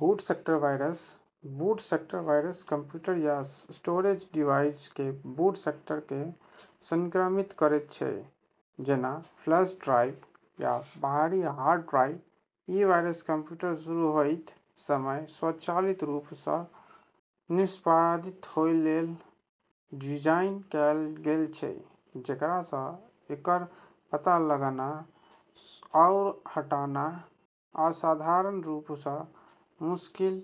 बूट sector virus: boot sector virus computer या storage device के boot sector केँ संक्रमित करैत छै, जेना फ्लैश ड्राइव या बाहरी हार्ड ड्राइव। ई वायरस कंप्यूटर शुरू होएत समय स्वचालित रूप सँ निष्पादित होए लेल डिजाइन कएल गेल छै, जेकरा सँ एकर पता लगाना आरू हटाना असाधारण रूप सँ मुश्किल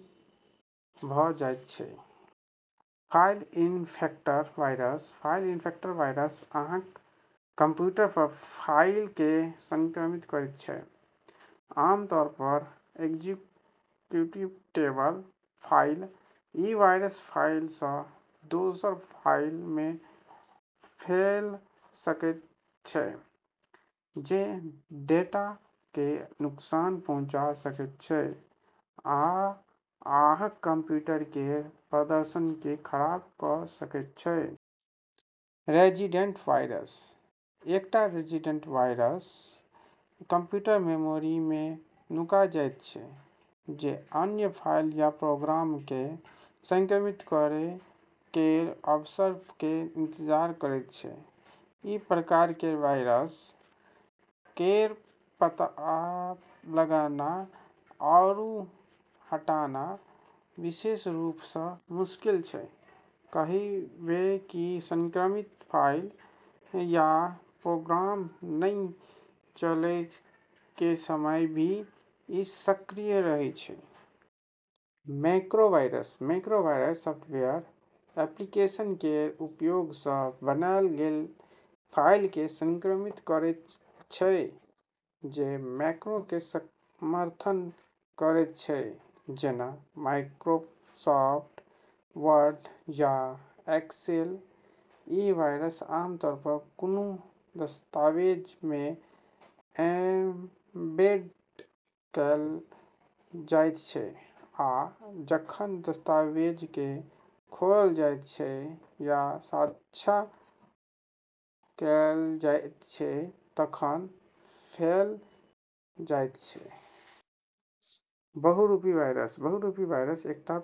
भ' जाइत छै। File infector virus: file infector virus अहाँक कंप्यूटर पर फाइल केँ संक्रमित करैत छै, आमतौर पर एक्जीक्यूटेबल फाइल। ई वायरस फाइल सँ दोसर फाइल मे फैल सकैत छै, जे डेटा केँ नुकसान पहुँचा सकैत छै आ अहाँक कंप्यूटर केर प्रदर्शन केँ खराब कऽ सकैत छै। रेजिडेंट वायरस: एकटा रेजिडेंट वायरस कंप्यूटर मेमोरी मे नुका जाइत छै, जे अन्य फाइल या प्रोग्राम केँ संक्रमित करै केर अवसर केर इंतजार करैत छै। ई प्रकार केर वायरस केर पता लगाना आरू हटाना विशेष रूप सँ मुश्किल छै, कहिबे कि संक्रमित फाइल या प्रोग्राम नहि चलै के समय भी ई सक्रिय रहै छै। Macro virus: macro virus software application केर उपयोग सँ बनाएल गेल फाइल केँ संक्रमित करैत छै जे मैक्रो केँ समर्थन करैत छै, जेना माइक्रोसॉफ्ट वर्ड या एक्सेल। ई वायरस आमतौर पर कोनो दस्तावेज मे एम्बेड कएल जाइत छै आ जखन दस्तावेज केँ खोलल जाइत छै या साझा कएल जाइत छै तखन फैल जाइत छै। बहुरूपी वायरस: बहुरूपी वायरस एकटा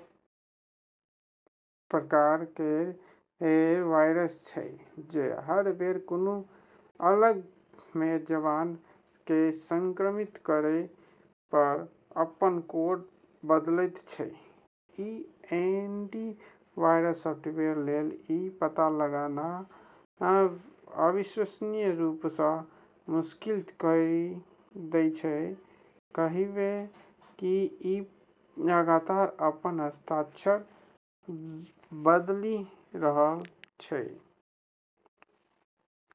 प्रकार केर वायरस छै जे हर बेर कोनो अलग मेजबान केँ संक्रमित करय पर अपन कोड बदलैत छै। ई एंटीवायरस सॉफ्टवेयर लेल ई पता लगाना अविश्वसनीय रूप सँ मुश्किल करि दै छै, कहिबे कि ई लगातार अपन हस्ताक्षर बदलि रहल छै।